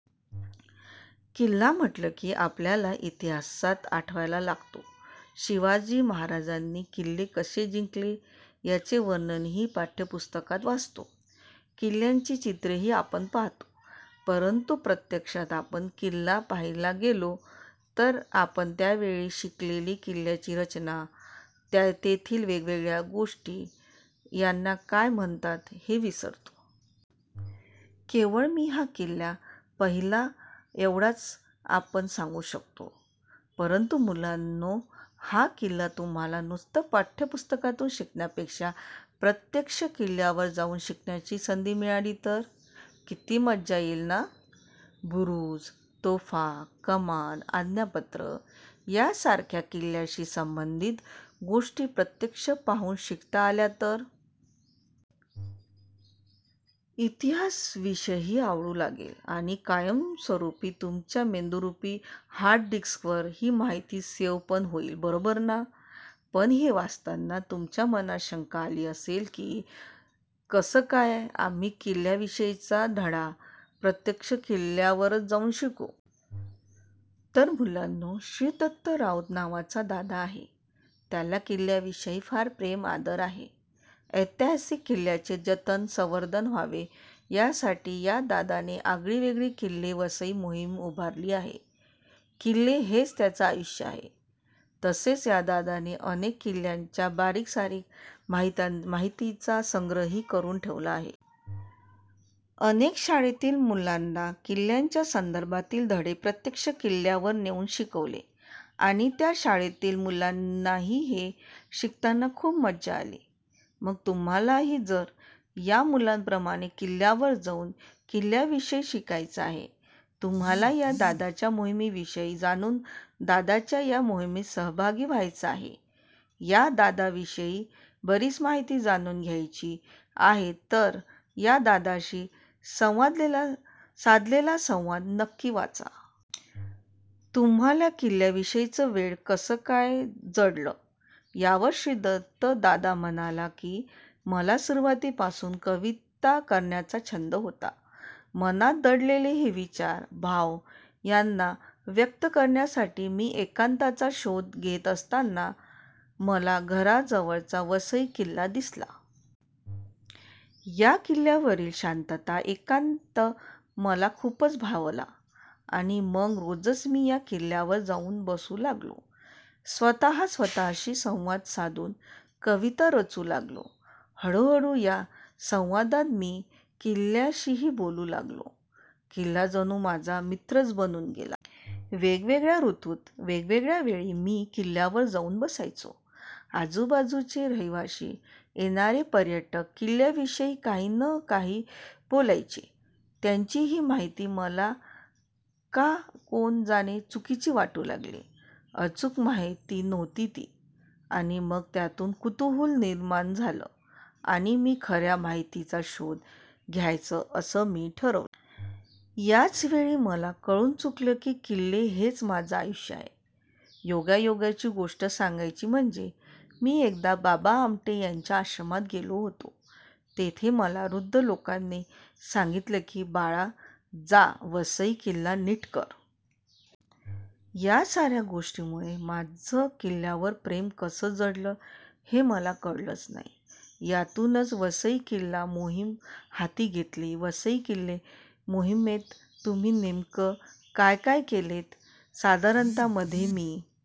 किल्ला म्हटलं की आपल्याला इतिहास आठवयाला लागतो. शिवाजी महाराजांनी किल्ले कसे जिंकले याचे वर्णनही पाठ्यपुस्तकात वाचतो, किल्ल्यांची चित्रही आपण पाहतो. परंतु प्रत्यक्षात आपण किल्ला पहिला गेलो तर आपण त्यावेळी शिकलेली किल्ल्याची रचना, तेथील वेगवेगळ्या गोष्टी यांना काय म्हणतात हे विसरतो. केवळ मी हा किल्ला पाहिला एवढंच आपण सांगू शकतो. परंतु मुलांनो, हा किल्ला तुम्हांला नुसता पाठ्यपुस्तकातून शिकण्यापेक्षा प्रत्यक्ष किल्ल्यावर जाऊन शिकण्याची संधी मिळाली तर... किती मजा येईल ना! बुरुज, तोफा, कमान, आज्ञापत्र ह्या सारख्या किल्ल्याशी संबधित गोष्टी प्रत्यक्ष पाहून शिकता आल्या तर... इतिहास विषयही आवडू लागेल आणि कायमस्वरूपी तुमच्या मेंदुरूपी हार्डडिस्कवर ही माहिती सेव्ह पण होईल बरोबर ना! पण हे वाचताना तुमच्या मनात शंका आली असेल की, कसं काय आम्ही किल्ल्याविषयीचा धडा प्रत्यक्ष किल्ल्यावर जाऊन शिकू? तर मुलांनो, श्रीदत्त राऊत नावाचा दादा आहे. त्याला किल्ल्याविषयी फार प्रेम, आदर आहे. ऐतिहासिक किल्ल्यांचे जतन-संवर्धन व्हावे यासाठी या दादाने आगळी-वेगळी 'किल्ले वसई मोहीमही उभारली आहे. किल्ले हेच त्याचं आयुष्य आहे. तसेच या दादाने अनेक किल्ल्यांच्या बारीक- सारीक माहितीचा संग्रहही करून ठेवला आहे. अनेक शाळांतील मुलांना किल्ल्याच्या संदर्भातील धडे प्रत्यक्ष किल्ल्यावर नेवून शिकवले. आणि त्या शाळांतील मुलांनाही हे शिकताना खूप मजा आली. मग तुम्हांलाही जर या मुलांप्रमाणे किल्ल्यावर जाऊन किल्ल्याविषयी शिकायचं आहे, तुम्हांला या दादाच्या मोहिमेविषयी जाणून दादाच्या या मोहिमेत सहभागी व्हायचं आहे, या दादाविषयीची बरीच माहिती जाणून घ्यायची आहे तर या दादाशी साधलेला सवांद नक्की वाचा! तुम्हाला किल्ल्याविषयीचं वेड कसं काय जडलं? यावर श्रीदत्त दादा म्हणाला की, 'मला सुरुवातीपासून कविता करण्याचा छंद होता. मनात दडलेले हे विचार, भाव यांना व्यक्त करण्यासाठी मी एकांताचा शोध घेत असताना मला घराजवळचा वसई किल्ला दिसला. या किल्यावरील शांतता, एकांत मला खूपच भावला. आणि मग रोजच मी या किल्ल्यावर जाऊन बसू लागलो. स्वतः स्वतःशी सवांद साधून कविता रचू लागलो. हळूहळू या संवादात मी किल्ल्याशीही बोलू लागलो. किल्ला जणू माझा मित्रच बनून गेला. वेगवेगळ्या ऋतूत, वेगवेगळ्या वेळी मी किल्ल्यावर जाऊन बसायचो. आजुबाजुचे रहिवासी, येणारे पर्यटक किल्ल्याविषयी काही न काही बोलायचे. त्यांची ही माहिती मला का कोण जाने चुकीची वाटू लागली. अचूक माहिती नव्हती ती. आणि मग यातूनच कुतूहल निर्माण झालं आणि मी खऱ्या माहितीचा शोध घ्यायचा असं मी ठरवलं. याच वेळी मला कळून चुकलं की किल्ले हेच माझं आयुष्य आहे. योगायोगाची गोष्ट सांगायची म्हणजे मी एकदा बाबा आमटे यांच्या आश्रमात गेलो होतो. तेथे मला वृद्ध लोकांनी सांगितलं की बाळा जा वसई किल्ला नीट कर. या साऱ्या गोष्टीमुले माझं किल्ल्यावर प्रेम कसं जडलं हे मला कळलंच नाही. यातूनच वसई किल्ला मोहीम हाती घेतली. वसई किल्ले मोहिमेत तुम्ही नेमकं काय काय केलंत? साधारणतः मध्ये मी